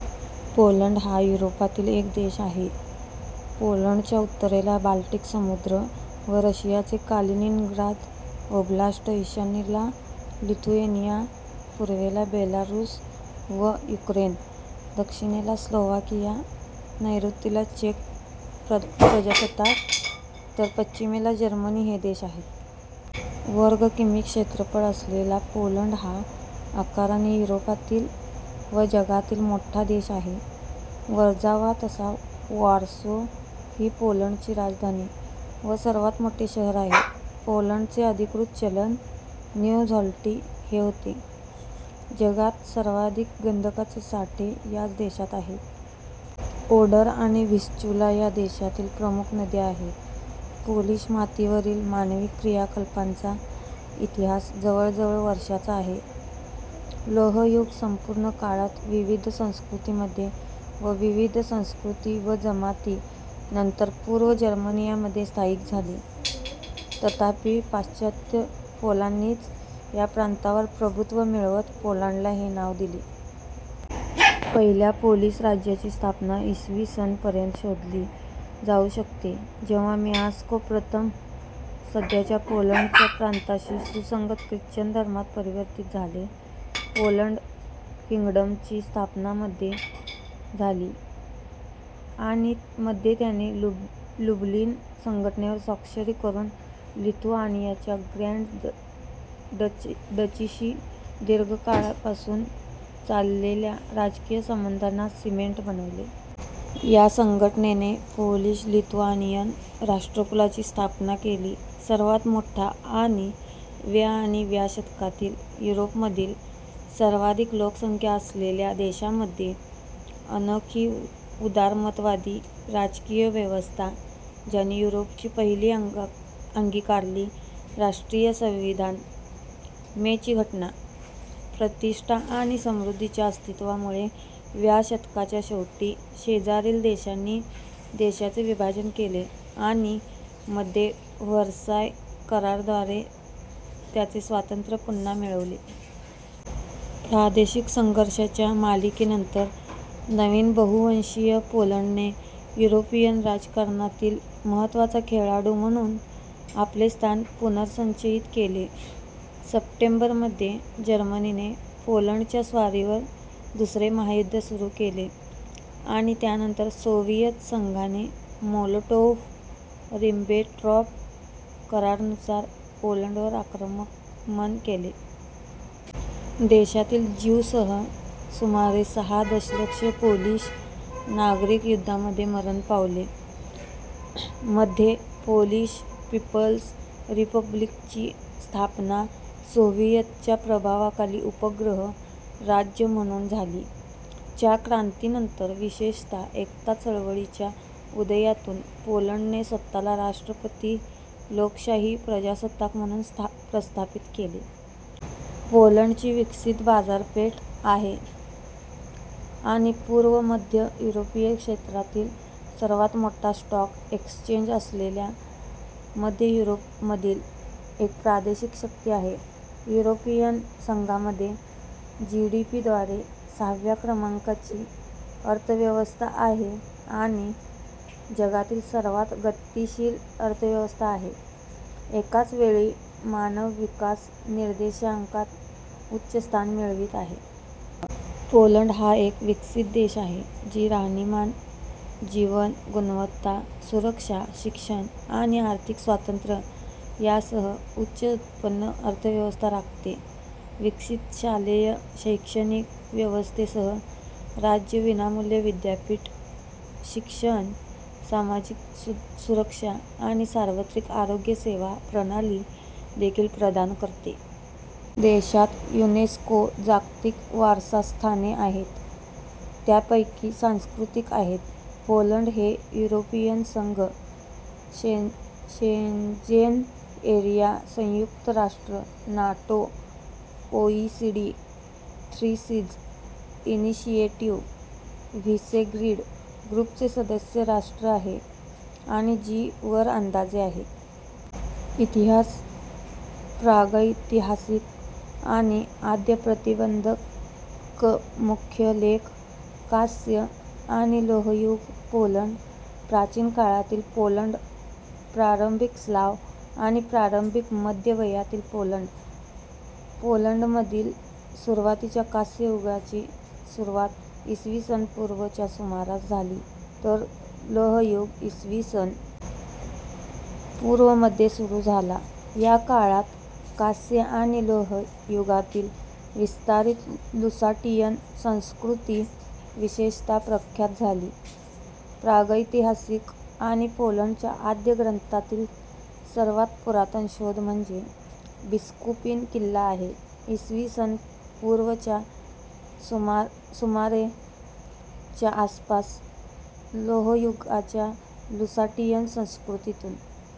Poland हा मध्य युरोपातील एक देश आहे. पोलंडच्या उत्तरेला बाल्टिक समुद्र व रशियाचे कालिनिनग्राद ओब्लास्ट, ईशान्येला लिथुएनिया, पूर्वेला बेलारूस व युक्रेन, दक्षिणेला स्लोव्हाकिया, नैऋत्येला चेक प्रजासत्ताक तर पश्चिमेला जर्मनी हे देश आहेत. वर्ग किमी क्षेत्रफळ असलेला पोलंड हा आकाराने युरोपातील व जगातील मोठा देश आहे. वर्झावा तथा वॉर्सो ही पोलंडची राजधानी व सर्वात मोठे शहर आहे. पोलंडचे अधिकृत चलन न्यु झ्लॅाटी हे होते. जगात सर्वाधिक गंधकाचे साठे याच देशात आहे. ओडर आणि व्हिस्चुला या देशातील प्रमुख नद्या आहेत. पोलिश मातीवरील मानवी क्रियाकलापांचा इतिहास जवळजवळ वर्षांचा आहे. लोहयुग संपूर्ण काळात विविध संस्कृतींमध्ये व विविध संस्कृती व जमाती नंतर पूर्व जर्मनिया मध्ये स्थायिक झाले. तथापि, पाश्चात्य पोलांनीच या प्रांतावर प्रभुत्व मिळवत पोलंडला हे नाव दिले. पहिल्या पोलिश राज्याची स्थापना इ. स. पर्यंत शोधली जाऊ शकते, जेव्हा मिआस्को प्रथम, सध्याच्या पोलंडच्या प्रांताशी सुसंगत ख्रिश्चन धर्मात परिवर्तित झाले. पोलंड किंगडमची स्थापना मध्ये झाली आणि मध्ये त्याने लुब्लिन संघटनेवर स्वाक्षरी करून लिथुआनियाच्या ग्रँड डचीशी दीर्घकाळपासून चाललेल्या राजकीय संबंधांना सिमेंट बनविले. या संघटनेने पोलिश लिथुआनियन राष्ट्रकुलाची स्थापना केली, सर्वात मोठा आणि व्या आणि व्या शतकातील युरोपमधील सर्वाधिक लोकसंख्या असलेल्या देशांमध्ये, अनोखी उदारमतवादी राजकीय व्यवस्था ज्यांनी युरोपची पहिली अंगीकारली राष्ट्रीय संविधान, मे ची घटना. प्रतिष्ठा आणि समृद्धीच्या अस्तित्वामुळे, व्या शतकाच्या शेवटी शेजारील देशांनी देशाचे विभाजन केले आणि मध्ये व्हर्साय कराराद्वारे त्याचे स्वातंत्र्य पुन्हा मिळवले. प्रादेशिक संघर्षांच्या मालिकेनंतर, नवीन बहु-वंशीय पोलंडने युरोपियन राजकारणातील महत्त्वाचा खेळाडू म्हणून आपले स्थान पुनर्संचयित केले. सप्टेंबर मध्ये जर्मनीने पोलंडच्या स्वारीवर दुसरे महायुद्ध सुरू केले आणि त्यानंतर सोव्हिएत संघाने मोलोटोव्ह – रिबेंट्रॉप करारानुसार पोलंडवर आक्रमण केले. देशातील ज्यूंसह सुमारे सहा दशलक्ष पोलिश नागरिक युद्धामध्ये मरण पावले. मध्ये, पोलिश पीपल्स रिपब्लिकची स्थापना सोव्हिएतच्या प्रभावाखाली उपग्रह राज्य म्हणून झाली. च्या क्रांतीनंतर, विशेषतः एकता चळवळीच्या उदयातून पोलंडने स्वतःला राष्ट्रपती लोकशाही प्रजासत्ताक म्हणून प्रस्थापित केले. ︎ पोलंडची विकसित बाजारपेठ आहे आणि पूर्व मध्य युरोपीय क्षेत्रातील सर्वात मोठा स्टॉक एक्सचेंज असलेल्या मध्य युरोपमधील एक प्रादेशिक शक्ती आहे. युरोपियन संघामध्ये जीडीपी द्वारे सहाव्या क्रमांकाची अर्थव्यवस्था आहे आणि जगातील सर्वात गतीशील अर्थव्यवस्था आहे, एकाच वेळी मानव विकास निर्देशांकात उच्च स्थान मिळवित आहे. पोलंड हा एक विकसित देश आहे, जी राहणीमान, जीवन गुणवत्ता, सुरक्षा, शिक्षण आणि आर्थिक स्वातंत्र्य यासह उच्च-उत्पन्न-अर्थव्यवस्था राखते. विकसित शालेय शैक्षणिक व्यवस्थेसह, राज्य विनामूल्य विद्यापीठ शिक्षण, सामाजिक सुरक्षा आणि सार्वत्रिक आरोग्य सेवा प्रणाली देखील प्रदान करते. देशात युनेस्को जागतिक वारसास्थाने आहेत, त्यापैकी सांस्कृतिक आहेत. पोलंड हे युरोपियन संघ, शेंजेन एरिया, संयुक्त राष्ट्र, NATO, OECD, Three Seas Initiative, Visegrad ग्रुपचे सदस्य राष्ट्र आहे आणि जी - वर अंदाजे आहे. इतिहास प्रागैतिहासिक आणि आद्यप्रतिबंधकमुख्य लेखः कांस्य- आणि लोह-युग पोलंड, प्राचीन काळातील पोलंड, प्रारंभिक स्लाव्ह आणि प्रारंभिक मध्यम वयातील पोलंड. पोलंडमधील सुरुवातीच्या कांस्ययुगाची सुरुवात इ. स. पू. च्या सुमारास झाली, तर लोहयुग इ. स. पू. मध्ये सुरू झाला. या काळात, कांस्य आणि लोह युगांतील विस्तारित लुसाटियन संस्कृती विशेषतः प्रख्यात झाली. प्रागैतिहासिक आणि पोलंडच्या आद्य ग्रंथातील सर्वात पुरातन शोध म्हणजे बिस्कूपिन किल्ला आहे, इ. स. पू. सुमारे च्या आसपासच्या लोहयुगाच्या लुसाटियन संस्कृतीतून.